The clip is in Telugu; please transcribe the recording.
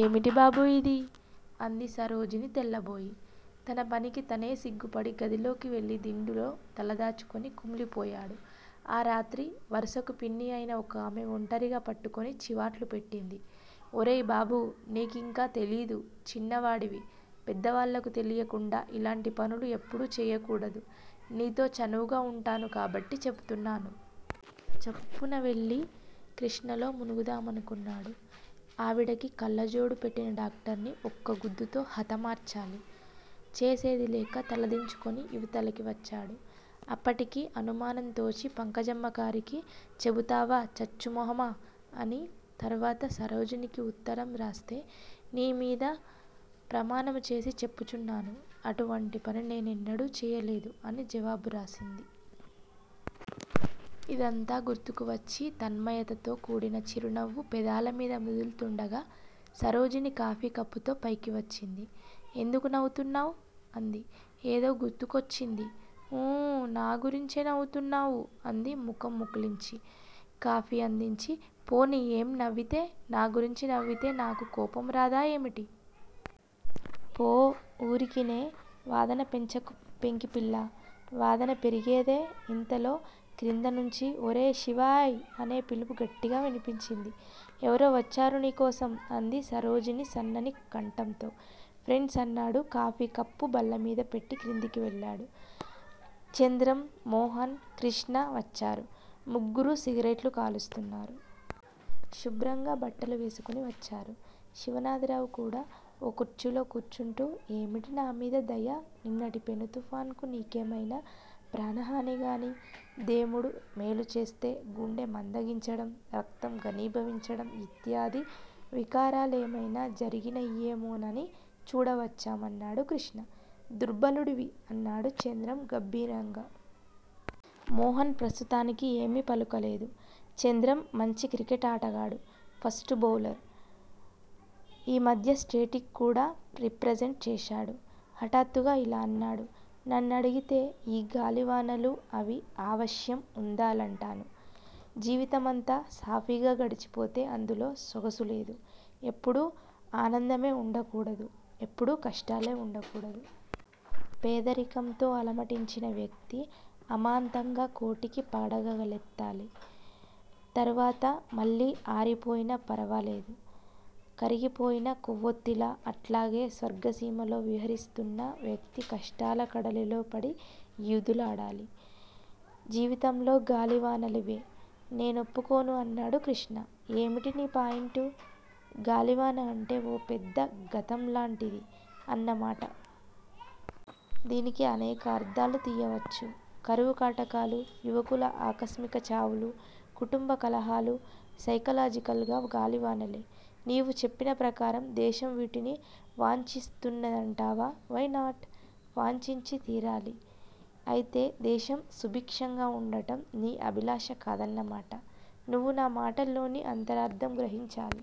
ఏమిటి బాబూ ఇది? అంది సరోజిని తెల్లబోయి. తన పనికి తనే సిగ్గుపడి గదిలోకి వెళ్ళి దిండులో తల దాచుకుని కుమిలి పోయాడు. ఆ రాత్రి వరుసకు పిన్ని అయిన ఒకామె ఒంటరిగా పట్టుకొని చివాట్లు పెట్టింది. ఒరేయి బాబూ! నీకింకా తెలీదు, చిన్నవాడివి పెద్దవాళ్ళకు తెలియకుండా ఇలాంటి పనులు ఎప్పుడూ చేయకూడదు నీతో చనువుగా వుంటాను కాబట్టి చెబుతున్నాను. చప్పున వెళ్ళి కృష్ణలో మునుగుదామనుకున్నాడు. ఆవిడకి కళ్ళజోడు పెట్టిన డాక్టర్ని ఒక్క గుద్దుతో హతమార్చాలి. చేసేదిలేక తల దించుకొని యివతలకి వచ్చాడు. అప్పటికి అనుమానంతోచి పంకజమ్మగారికి చెబుతావా చచ్చు మొహమా? అని తర్వాత సరోజినికి ఉత్తరం రాస్తే- నీమీద ప్రమాణము చేసి చెప్పుచున్నాను. అటువంటి పని నేనెన్నడూ చేయలేదు అని జవాబు రాసింది. ఇదంతా గుర్తుకువచ్చి తన్మయతతో కూడిన చిరునవ్వు పెదాలమీద మెదుల్తుండగా, సరోజిని కాఫీ కప్పుతో పైకి వచ్చింది. ఎందుకు నవ్వుతున్నావు? అంది. ఏదో గుర్తుకొచ్చింది. ఊఁ నాగురించే నవ్వుతున్నావు అంది ముఖం ముకుళించి, కాఫీ అందించి. పోనీ ఏం నవ్వితే? నా గురించి నవ్వితే నాకు కోపం రాధా ఏమిటి? పో, ఊరికినే వాదన పెంచకు పెంకిపిల్లా. వాదన పెరిగేదే, ఇంతలో క్రిందనుంచీ 'ఒరేయ్ శివాయ్' అనే పిలుపు గట్టిగా వినిపించింది. ఎవరో వచ్చారు నీకోసం అంది సరోజిని సన్నని కంఠంతో. ఫ్రెండ్స్ అన్నాడు కాఫీ కప్పు బల్లమీద పెట్టి క్రిందకి వెళ్ళాడు. చంద్రం, మోహన్, కృష్ణ వచ్చారు, ముగ్గురూ సిగరెట్లు కాలుస్తున్నారు. శుభ్రంగా బట్టలు వేసుకొని వచ్చారు. శివనాథరావు కూడా ఓ కుర్చీలోకూర్చుంటూ 'ఏమిటి నామీద దయ? ' నిన్నటి పెనుతుఫాన్ కు నీకేమైనా ప్రాణహానిగానీ, దేముడు మేలుచేస్తే గుండె మందగించడం, రక్తం ఘనీభవించడం యిత్యాది వికారాలేమైనా జరిగినయ్యేమోనని చూడవచ్చాం అన్నాడు కృష్ణ. దుర్భలుడివి అన్నాడు చంద్రం గంభీరంగా. మోహన్ ప్రస్తుతానికి ఏమీ పలకలేదు. చంద్రం మంచి క్రికెట్ ఆటగాడు. First bowler. ఈమధ్య స్టేట్ కి కూడా రిప్రజెంట్ చేశాడు. హఠాత్తుగా ఇలా అన్నాడు. నన్నడిగితే యీ గాలివానలూ అవి ఆవశ్యం ఉందాలంటాను. జీవితమంతా సాఫీగా గడిచిపోతే అందులో సొగసులేదు. ఎప్పుడూ ఆనందమే వుండకూడదు, ఎప్పుడూ కష్టాలే వుండకూడదు. పేదరికంతో అలమటించిన వ్యక్తి అమాంతంగా కోటికి పడగలెత్తాలి. తరువాత మళ్ళీ ఆరిపోయిన ఫర్వాలేదు. కరిగిపోయిన కొవ్వొత్తిలా. అట్లాగే స్వర్గసీమలో విహరిస్తూన్న వ్యక్తి కష్టాల కడలిలో పడి యూదులాడాలి. జీవితంలో గాలివానలివే. నేనొప్పుకోను అన్నాడు క్రిష్ణ. ఏమిటి నీ పాయింటు? గాలివాన అంటే ఓ పెద్ద ఘతంలాంటిది అన్నమాట. దీనికి అనేక అర్ధాలు తీయవచ్చు. కరువుకాటకాలు, యువకుల ఆకస్మిక చావులు, కుటుంబ కలహాలు సైకలాజికల్ గా గాలివానలే. నీవు చెప్పినప్రకారం దేశం వీటిని వాంఛిస్తున్నదంటావా? వైనాట్? వాంఛించి తీరాలి. అయితే దేశం సుభిక్షంగా వుండడం నీ అభిలాష కాదన్న మాట. నువ్వు నా మాటల్లోని అంతరార్ధం గ్రహించాలి.